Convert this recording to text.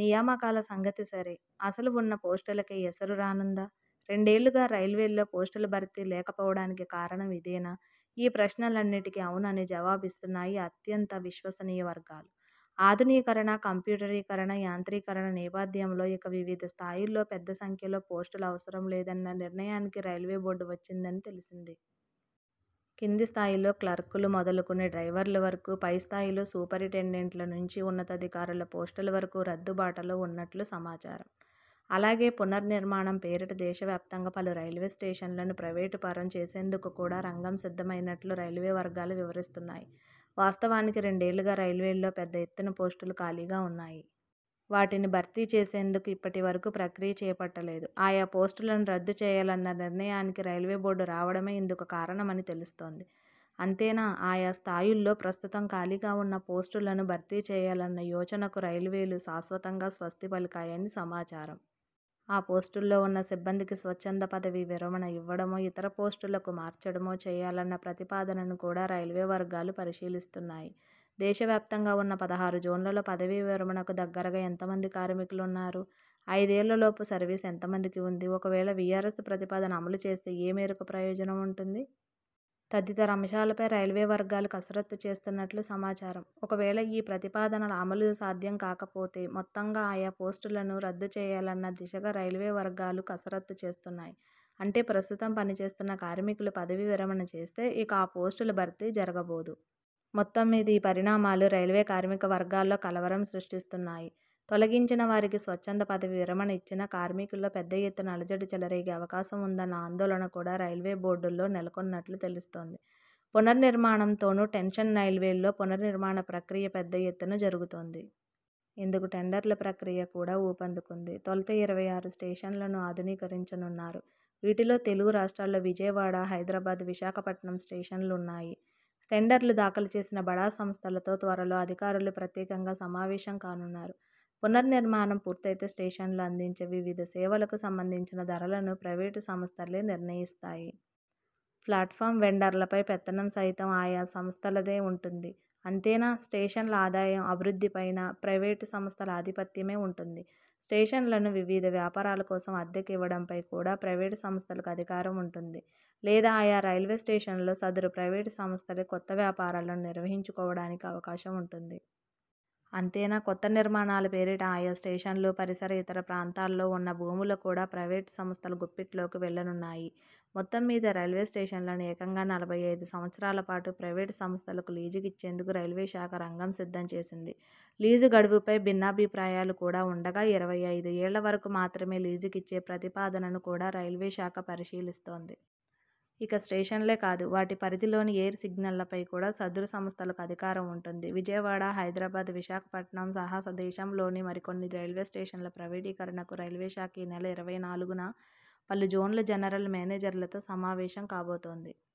నియామకాల సంగతి సరే.. అసలు ఉన్న పోస్టులకే ఎసరు రానుందా? రెండేళ్లుగా రైల్వేల్లో పోస్టుల భర్తీ లేకపోవడానికి కారణం ఇదేనా? ఈ ప్రశ్నలన్నిటికీ 'ఔను' అనే జవాబు ఇస్తున్నాయి అత్యంత విశ్వసనీయ వర్గాలు. ఆధునీకరణ, కంప్యూటరీకరణ, యాంత్రీకరణ నేపథ్యంలో ఇక వివిధ స్థాయుల్లో పెద్ద సంఖ్యలో పోస్టులు అవసరం లేదన్న నిర్ణయానికి రైల్వే బోర్డు వచ్చిందని తెలిసింది. కింది స్థాయిలో క్లర్కులు మొదలుకుని డ్రైవర్ల వరకూ, పైస్థాయిలో సూపరింటెండెంట్ల నుంచి ఉన్నతాధికారుల పోస్టుల వరకూ రద్దు బాటలో ఉన్నట్లు సమాచారం. అలాగే, పునర్నిర్మాణం పేరిట దేశవ్యాప్తంగా పలు రైల్వే స్టేషన్లను ప్రైవేటుపరం చేసేందుకు కూడా రంగం సిద్ధమైనట్లు రైల్వే వర్గాలు వివరిస్తున్నాయి. వాస్తవానికి రెండేళ్లుగా రైల్వేల్లో పెద్ద ఎత్తున పోస్టులు ఖాళీగా ఉన్నాయి. వాటిని భర్తీ చేసేందుకు ఇప్పటి వరకూ ప్రక్రియ చేపట్టలేదు. ఆయా పోస్టులను రద్దు చేయాలన్న నిర్ణయానికి రైల్వే బోర్డు రావడమే ఇందుకు కారణమని తెలుస్తోంది. అంతేనా, ఆయా స్థాయుల్లో ప్రస్తుతం ఖాళీగా ఉన్న పోస్టులను భర్తీ చేయాలన్న యోచనకు రైల్వేలు శాశ్వతంగా స్వస్తి పలికాయని సమాచారం. ఆ పోస్టుల్లో ఉన్న సిబ్బందికి స్వచ్ఛంద పదవీ విరమణ ఇవ్వడమో ఇతర పోస్టులకు మార్చడమో చేయాలన్న ప్రతిపాదనను కూడా రైల్వే వర్గాలు పరిశీలిస్తున్నాయి. దేశవ్యాప్తంగా ఉన్న పదహారు జోన్లలో పదవీ విరమణకు దగ్గరగా ఎంతమంది కార్మికులు ఉన్నారు? ఐదేళ్లలోపు సర్వీసు ఎంతమందికి ఉంది? ఒకవేళ వీఆర్ఎస్ ప్రతిపాదన అమలు చేస్తే ఏ మేరకు ప్రయోజనం ఉంటుంది? తదితర అంశాలపై రైల్వే వర్గాలు కసరత్తు చేస్తున్నట్లు సమాచారం. ఒకవేళ ఈ ప్రతిపాదనల అమలు సాధ్యం కాకపోతే, మొత్తంగా ఆయా పోస్టులను రద్దు చేయాలన్న దిశగా రైల్వే వర్గాలు కసరత్తు చేస్తున్నాయి. అంటే ప్రస్తుతం పని చేస్తున్న కార్మికులు పదవీ విరమణ చేస్తే, ఇక ఆ పోస్టుల భర్తీ జరగబోదు. మొత్తంమీద ఈ పరిణామాలు రైల్వే కార్మిక వర్గాల్లో కలవరం సృష్టిస్తున్నాయి. తొలగించినా, వారికి స్వచ్ఛంద పదవీ విరమణ ఇచ్చినా కార్మికుల్లో పెద్ద ఎత్తున అలజడి చెలరేగే అవకాశం ఉందన్న ఆందోళన కూడా రైల్వే బోర్డులో నెలకొన్నట్లు తెలుస్తోంది. పునర్నిర్మాణంతోనూ టెన్షన్రైల్వేల్లో పునర్నిర్మాణ ప్రక్రియ పెద్ద ఎత్తున జరుగుతోంది. ఇందుకు టెండర్ల ప్రక్రియ కూడా ఊపందుకుంది. తొలుత ఇరవై ఆరు స్టేషన్లను ఆధునీకరించనున్నారు. వీటిలో తెలుగు రాష్ట్రాల్లో విజయవాడ, హైదరాబాద్, విశాఖపట్నం స్టేషన్లు ఉన్నాయి. టెండర్లు దాఖలు చేసిన బడా సంస్థలతో త్వరలో అధికారులు ప్రత్యేకంగా సమావేశం కానున్నారు. పునర్నిర్మాణం పూర్తైతే స్టేషన్లలో అందించే వివిధ సేవలకు సంబంధించిన ధరలను ప్రైవేటు సంస్థలే నిర్ణయిస్తాయి. ప్లాట్ఫాం వెండర్లపై పెత్తనం సైతం ఆయా సంస్థలదే ఉంటుంది. అంతేనా, స్టేషన్ల ఆదాయం, అభివృద్ధిపైనా ప్రైవేటు సంస్థల ఆధిపత్యమే ఉంటుంది. స్టేషన్లను వివిధ వ్యాపారాల కోసం అద్దెకు ఇవ్వడంపై కూడా ప్రైవేటు సంస్థలకు అధికారం ఉంటుంది. లేదా ఆయా రైల్వే స్టేషన్లలో సదరు ప్రైవేటు సంస్థలే కొత్త వ్యాపారాలను నిర్వహించుకోవడానికి అవకాశం ఉంటుంది. అంతేనా కొత్త నిర్మాణాల పేరిట ఆయా స్టేషన్లు, పరిసర, ఇతర ప్రాంతాల్లో ఉన్న భూములు కూడా ప్రైవేటు సంస్థల గుప్పిట్లోకి వెళ్లనున్నాయి. మొత్తంమీద రైల్వే స్టేషన్లను ఏకంగా నలభై ఐదు సంవత్సరాలపాటు ప్రైవేటు సంస్థలకు లీజుకిచ్చేందుకు రైల్వే శాఖ రంగం సిద్ధం చేసింది. లీజు గడువుపై భిన్నాభిప్రాయాలు కూడా ఉండగా ఇరవై ఐదు ఏళ్ల వరకు మాత్రమే లీజుకిచ్చే ప్రతిపాదనను కూడా రైల్వే శాఖ పరిశీలిస్తోంది. ఇక స్టేషన్లే కాదు వాటి పరిధిలోని ఎయిర్ సిగ్నళ్లపై కూడా సదరు సంస్థలకు అధికారం ఉంటుంది. విజయవాడ, హైదరాబాద్, విశాఖపట్నం సహా దేశంలోని మరికొన్ని రైల్వే స్టేషన్ల ప్రైవేటీకరణకు రైల్వే శాఖ ఈనెల ఇరవై నాలుగున పలు జోన్ల జనరల్ మేనేజర్లతో సమావేశం కాబోతోంది.